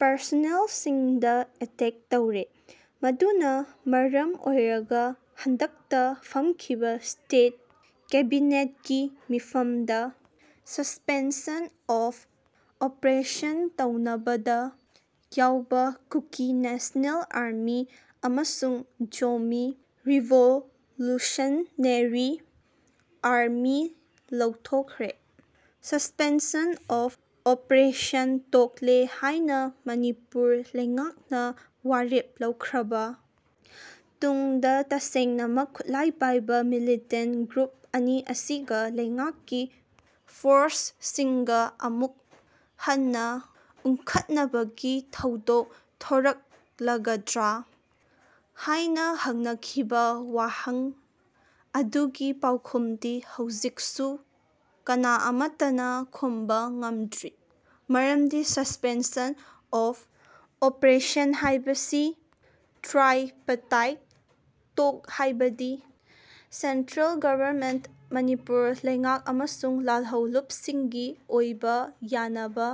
ꯄꯥꯔꯁꯣꯅꯦꯜꯁꯤꯡꯗ attack ꯇꯧꯔꯦ꯫ ꯃꯗꯨꯅ ꯃꯔꯝ ꯑꯣꯏꯔꯒ ꯍꯟꯗꯛꯇ ꯐꯝꯈꯤꯕ ꯁ꯭ꯇꯦꯠ ꯀꯦꯕꯤꯅꯦꯠꯀꯤ ꯃꯤꯐꯝꯗ ꯁꯁ꯭ꯄꯦꯟꯁꯟ ꯑꯣꯐ ꯑꯣꯄꯔꯦꯁꯟ ꯇꯧꯅꯕꯗ ꯌꯥꯎꯕ ꯀꯨꯀꯤ ꯅꯦꯁꯅꯦꯜ ꯑꯥꯔꯃꯤ ꯑꯃꯁꯨꯡ ꯖꯣꯃꯤ ꯔꯤꯚꯣꯂꯨꯁꯟꯅꯦꯔꯤ ꯑꯥꯔꯃꯤ ꯂꯧꯊꯣꯛꯈ꯭ꯔꯦ꯫ ꯁꯁ꯭ꯄꯦꯟꯁꯟ ꯑꯣꯐ ꯑꯣꯄꯔꯦꯁꯟ ꯇꯣꯛꯂꯦ ꯍꯥꯏꯅ ꯃꯅꯤꯄꯨꯔ ꯂꯩꯉꯥꯛꯅ ꯋꯥꯔꯦꯞ ꯂꯧꯈ꯭ꯔꯕ ꯇꯨꯡꯗ ꯇꯁꯦꯡꯅꯃꯛ ꯈꯨꯠꯂꯥꯏ ꯄꯥꯏꯕ ꯃꯤꯂꯤꯇꯦꯟꯠꯇ ꯒ꯭ꯔꯨꯞ ꯑꯅꯤ ꯑꯁꯤꯒ ꯂꯩꯉꯥꯛꯀꯤ ꯐꯣꯔꯁꯁꯤꯡꯒ ꯑꯃꯨꯛ ꯍꯟꯅ ꯎꯪꯈꯠꯅꯕꯒꯤ ꯊꯧꯗꯣꯛ ꯊꯣꯔꯛꯂꯒꯗ꯭ꯔ ꯍꯥꯏꯅ ꯍꯪꯅꯈꯤꯕ ꯋꯥꯍꯪ ꯑꯗꯨꯒꯤ ꯄꯥꯎꯈꯨꯝꯗꯤ ꯍꯧꯖꯤꯛꯁꯨ ꯀꯅꯥ ꯑꯃꯠꯇꯅ ꯈꯨꯝꯕ ꯉꯝꯗ꯭ꯔꯤ꯫ ꯃꯔꯝꯗꯤ ꯁꯁ꯭ꯄꯦꯟꯁꯟ ꯑꯣꯐ ꯑꯣꯄꯔꯦꯁꯟ ꯍꯥꯏꯕꯁꯤ ꯇ꯭ꯔꯥꯏꯄꯇꯥꯏꯠ ꯇꯣꯛ ꯍꯥꯏꯕꯗꯤ ꯁꯦꯟꯇ꯭ꯔꯦꯜ ꯒꯚꯔꯟꯃꯦꯟꯇ, ꯃꯅꯤꯄꯨꯔ ꯂꯩꯉꯥꯛ ꯑꯃꯁꯨꯡ ꯂꯥꯜꯍꯧꯂꯨꯞꯁꯤꯡꯒꯤ ꯑꯣꯏꯕ ꯌꯥꯅꯕ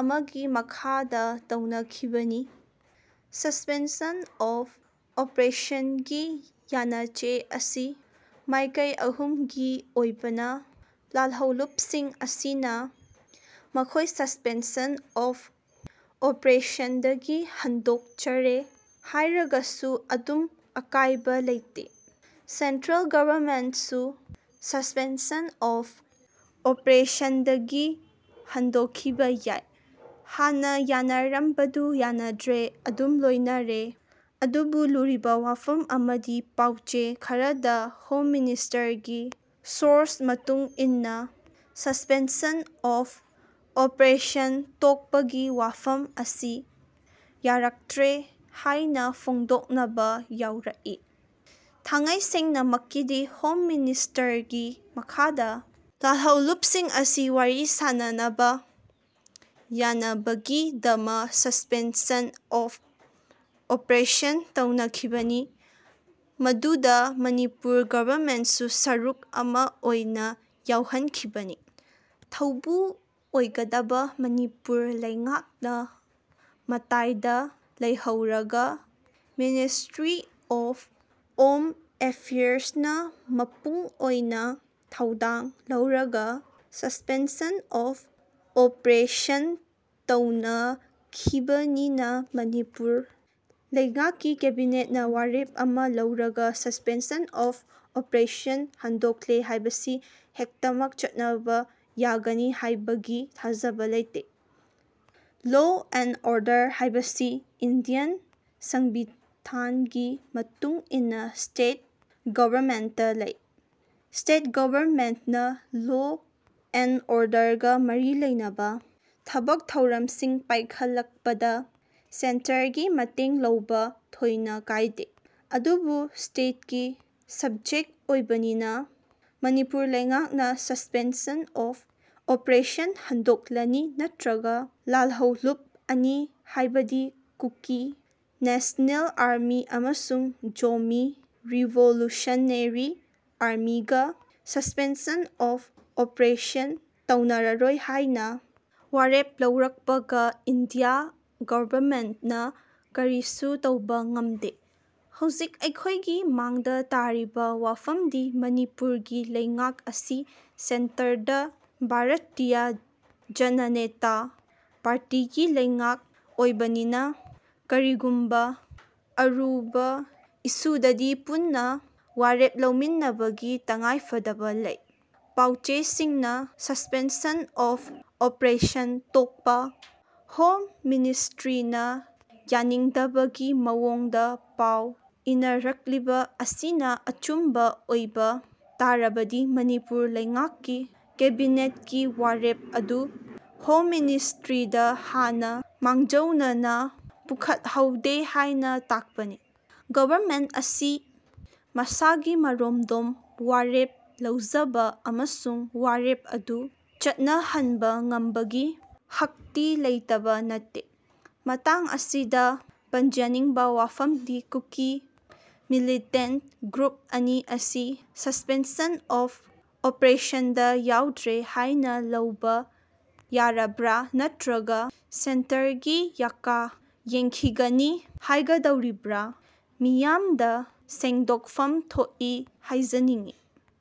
ꯑꯃꯒꯤ ꯃꯈꯥꯗ ꯇꯧꯅꯈꯤꯕꯅꯤ꯫ꯁꯁ꯭ꯄꯦꯟꯁꯟ ꯑꯣꯐ ꯑꯣꯄꯔꯦꯁꯟꯒꯤ ꯌꯥꯅꯆꯦ ꯑꯁꯤ ꯃꯥꯏꯀꯩ ꯑꯍꯨꯝꯒꯤ ꯑꯣꯏꯕꯅ ꯂꯥꯜꯍꯧꯂꯨꯞꯁꯤꯡ ꯑꯁꯤꯅ ꯃꯈꯣꯏ ꯁꯁ꯭ꯄꯦꯟꯁꯟ ꯑꯣꯐ ꯑꯣꯄꯔꯦꯁꯟꯗꯒꯤ ꯍꯟꯗꯣꯛꯆꯔꯦ ꯍꯥꯏꯔꯒꯁꯨ ꯑꯗꯨꯝ ꯑꯀꯥꯏꯕ ꯂꯩꯇꯦ꯫ ꯁꯦꯟꯇ꯭ꯔꯦꯜ ꯒꯚꯔꯟꯃꯦꯟꯠꯁꯨ ꯁꯁ꯭ꯄꯦꯟꯁꯟ ꯑꯣꯐ ꯑꯣꯄꯔꯦꯁꯟꯗꯒꯤ ꯍꯟꯗꯣꯛꯈꯤꯕ ꯌꯥꯏ꯫ ꯍꯥꯟꯅ ꯌꯥꯟꯅꯔꯝꯕꯗꯨ ꯌꯥꯟꯅꯗ꯭ꯔꯦ ꯑꯗꯨꯝ ꯂꯣꯏꯅꯔꯦ꯫ ꯑꯗꯨꯕꯨ ꯂꯨꯔꯤꯕ ꯋꯥꯐꯝ ꯑꯃꯗꯤ ꯄꯥꯎꯆꯦ ꯈꯔꯗ ꯍꯣꯝ ꯃꯤꯅꯤꯁꯇ꯭ꯔꯤꯒꯤ ꯁꯣꯔꯁ ꯃꯇꯨꯡ ꯏꯟꯅ ꯁꯁ꯭ꯄꯦꯟꯁꯟ ꯑꯣꯐ ꯑꯣꯄꯔꯦꯁꯟ ꯇꯣꯛꯄꯒꯤ ꯋꯥꯐꯝ ꯑꯁꯤ ꯌꯥꯔꯛꯇ꯭ꯔꯦ ꯍꯥꯏꯅ ꯐꯣꯡꯗꯣꯛꯅꯕ ꯌꯥꯎꯔꯛꯏ꯫ ꯊꯥꯡꯉꯩꯁꯦꯡꯅꯃꯛꯀꯤꯗꯤ ꯍꯣꯝ ꯃꯤꯅꯤꯁꯇꯔꯒꯤ ꯃꯈꯥꯗ ꯂꯥꯜꯍꯧꯂꯨꯞꯁꯤꯡ ꯑꯁꯤ ꯋꯥꯔꯤ ꯁꯥꯅꯅꯕ ꯌꯥꯅꯕꯒꯤꯗꯃ ꯁꯁ꯭ꯄꯦꯟꯁꯟ ꯑꯣꯐ ꯑꯣꯄꯔꯦꯁꯟ ꯇꯧꯅꯈꯤꯕꯅꯤ꯫ꯃꯗꯨꯗ ꯃꯅꯤꯄꯨꯔ ꯒꯚꯔꯟꯃꯦꯟꯠꯁꯨ ꯁꯔꯨꯛ ꯑꯃ ꯑꯣꯏꯅ ꯌꯥꯎꯍꯟꯈꯤꯕꯅꯤ꯫ ꯊꯧꯕꯨ ꯑꯣꯏꯒꯗꯕ ꯃꯅꯤꯄꯨꯔ ꯂꯩꯉꯥꯛꯅ ꯃꯇꯥꯏꯗ ꯂꯩꯍꯧꯔꯒ ꯃꯤꯅꯤꯁꯇ꯭ꯔꯤ ꯑꯣꯐ ꯑꯣꯝ ꯑꯦꯐꯤꯌꯥꯔꯁꯅ ꯃꯄꯨꯡ ꯑꯣꯏꯕ ꯊꯧꯗꯥꯡ ꯂꯧꯔꯒ ꯁꯁ꯭ꯄꯦꯟꯁꯟ ꯑꯣꯐ ꯑꯣꯄꯔꯦꯁꯟꯇꯧꯅꯈꯤꯕꯅꯤꯅ ꯃꯅꯤꯄꯨꯔ ꯂꯩꯉꯥꯛꯀꯤ ꯀꯦꯕꯤꯅꯦꯠꯅ ꯋꯥꯔꯦꯞ ꯑꯃ ꯂꯧꯔꯒ ꯁꯁ꯭ꯄꯦꯟꯁꯟ ꯑꯣꯐ ꯑꯣꯄꯔꯦꯁꯟ ꯍꯟꯗꯣꯛꯂꯦ ꯍꯥꯏꯕꯁꯤ ꯍꯦꯛꯇꯃꯛ ꯆꯠꯅꯕ ꯌꯥꯒꯅꯤ ꯍꯥꯏꯕꯒꯤ ꯊꯥꯖꯕ ꯂꯩꯇꯦ꯫ ꯂꯣ ꯑꯦꯟꯗ ꯑꯣꯔꯗꯔ ꯍꯥꯏꯕꯁꯤ ꯏꯟꯗꯤꯌꯥꯟ ꯁꯪꯕꯤꯙꯥꯟꯒꯤ ꯃꯇꯨꯡ ꯏꯟꯅ ꯁ꯭ꯇꯦꯠ ꯒꯚꯔꯟꯃꯦꯟꯠꯇ ꯂꯩ꯫ꯁ꯭ꯇꯦꯠ ꯒꯚꯔꯟꯃꯦꯟꯠꯅ ꯂꯣ ꯑꯦꯟꯗ ꯑꯣꯔꯗꯔꯒ ꯃꯔꯤ ꯂꯩꯅꯕ ꯊꯕꯛ ꯊꯧꯔꯝꯁꯤꯡ ꯄꯥꯏꯈꯠꯂꯛꯄꯗ ꯁꯦꯟꯇꯔꯒꯤ ꯃꯇꯦꯡꯂꯧꯕ ꯊꯣꯏꯅ ꯀꯥꯏꯗꯦ꯫ ꯑꯗꯨꯕꯨ ꯁ꯭ꯇꯦꯠꯀꯤ ꯁꯕꯖꯦꯛ ꯑꯣꯏꯕꯅꯤꯅ ꯃꯅꯤꯄꯨꯔ ꯂꯩꯉꯥꯛꯅ ꯁꯁ꯭ꯄꯦꯟꯁꯟ ꯑꯣꯐ ꯑꯣꯄꯔꯦꯁꯟ ꯍꯟꯗꯣꯛꯂꯅꯤ ꯅꯠꯇ꯭ꯔꯒ ꯂꯥꯜꯍꯧꯂꯨꯞ ꯑꯅꯤ ꯍꯥꯏꯕꯗꯤ ꯀꯨꯀꯤ ꯅꯦꯁꯅꯦꯜ ꯑꯥꯔꯃꯤ ꯑꯃꯁꯨꯡ ꯖꯣꯃꯤ ꯔꯤꯚꯣꯂꯨꯁꯟꯅꯦꯔꯤ ꯑꯥꯔꯃꯤꯒ ꯁꯁ꯭ꯄꯦꯟꯁꯟ ꯑꯣꯐ ꯑꯣꯄꯔꯦꯁꯟ ꯇꯧꯅꯔꯔꯣꯏ ꯍꯥꯏꯅ ꯋꯥꯔꯦꯞ ꯂꯧꯔꯛꯄꯒ ꯏꯟꯗꯤꯌꯥ ꯒꯚꯔꯟꯃꯦꯟꯠꯅ ꯀꯔꯤꯁꯨ ꯇꯧꯕ ꯉꯝꯗꯦ꯫ꯍꯧꯖꯤꯛ ꯑꯩꯈꯣꯏꯒꯤ ꯃꯥꯡꯗ ꯇꯥꯔꯤꯕ ꯋꯥꯐꯝꯗꯤ ꯃꯅꯤꯄꯨꯔꯒꯤ ꯂꯩꯉꯥꯛ ꯑꯁꯤ ꯁꯦꯟꯇꯔꯗ ꯚꯥꯔꯠꯇꯤꯌꯥ ꯖꯟꯅꯅꯦꯟꯇꯥ ꯄꯥꯔꯇꯤꯒꯤ ꯂꯩꯉꯥꯛ ꯑꯣꯏꯕꯅꯤꯅ ꯀꯔꯤꯒꯨꯝꯕ ꯑꯔꯨꯕ ꯏꯁꯨꯗꯗꯤ ꯄꯨꯟꯅ ꯋꯥꯔꯦꯞ ꯂꯧꯃꯤꯟꯅꯕꯒꯤ ꯇꯉꯥꯏꯐꯗꯕ ꯂꯩ꯫ ꯄꯥꯎꯆꯦꯁꯤꯡꯅ ꯁꯁ꯭ꯄꯦꯟꯁꯟ ꯑꯣꯐ ꯑꯣꯄꯔꯦꯁꯟ ꯇꯣꯛꯄ ꯍꯣꯝ ꯃꯅꯤꯁꯇ꯭ꯔꯤꯅ ꯌꯥꯅꯤꯡꯗꯕꯒꯤ ꯃꯑꯣꯡꯗ ꯄꯥꯎ ꯏꯅꯔꯛꯂꯤꯕ ꯑꯁꯤꯅ ꯑꯆꯨꯝꯕ ꯑꯣꯏꯕ ꯇꯥꯔꯕꯗꯤ ꯃꯅꯤꯄꯨꯔ ꯂꯩꯉꯥꯛꯀꯤ ꯀꯦꯕꯤꯅꯦꯠꯀꯤ ꯋꯥꯔꯦꯞ ꯑꯗꯨ ꯍꯣꯝ ꯃꯤꯅꯤꯁꯇ꯭ꯔꯤꯗ ꯍꯥꯟꯅ ꯃꯥꯡꯖꯧꯅꯅ ꯄꯨꯈꯠꯍꯧꯗꯦ ꯍꯥꯏꯕ ꯇꯥꯛꯄꯅꯤ꯫ ꯒꯚꯔꯃꯦꯟꯠ ꯑꯁꯤ ꯃꯁꯥꯒꯤ ꯃꯔꯣꯝꯗꯣꯝ ꯋꯥꯔꯦꯞ ꯂꯧꯖꯕ ꯑꯃꯁꯨꯡ ꯋꯥꯔꯦꯞ ꯑꯗꯨ ꯆꯠꯅꯍꯟꯕ ꯉꯝꯕꯒꯤ ꯍꯛꯇꯤ ꯂꯩꯇꯕ ꯅꯠꯇꯦ꯫ ꯃꯇꯥꯡ ꯑꯁꯤꯗ ꯄꯟꯖꯅꯤꯡꯕ ꯋꯥꯐꯝꯗꯤ ꯀꯨꯀꯤ ꯃꯤꯂꯤꯇꯦꯟꯠꯇ ꯒ꯭ꯔꯨꯞ ꯑꯅꯤ ꯑꯁꯤ ꯁꯁ꯭ꯄꯦꯟꯁꯟ ꯑꯣꯐ ꯑꯣꯄꯔꯦꯁꯟꯗ ꯌꯥꯎꯗ꯭ꯔꯦ ꯍꯥꯏꯅ ꯂꯧꯕ ꯌꯥꯔꯕ꯭ꯔꯥ ꯅꯠꯇ꯭ꯔꯒ ꯁꯦꯟꯇꯔꯒꯤ ꯌꯥꯀꯥ ꯌꯦꯡꯈꯤꯒꯅꯤ ꯍꯥꯏꯒꯗꯧꯔꯤꯕ꯭ꯔꯥ ꯃꯤꯌꯥꯃꯗ ꯁꯦꯡꯗꯣꯛꯐꯝ ꯊꯣꯛꯏ ꯍꯥꯏꯖꯅꯤꯡꯉꯤ꯫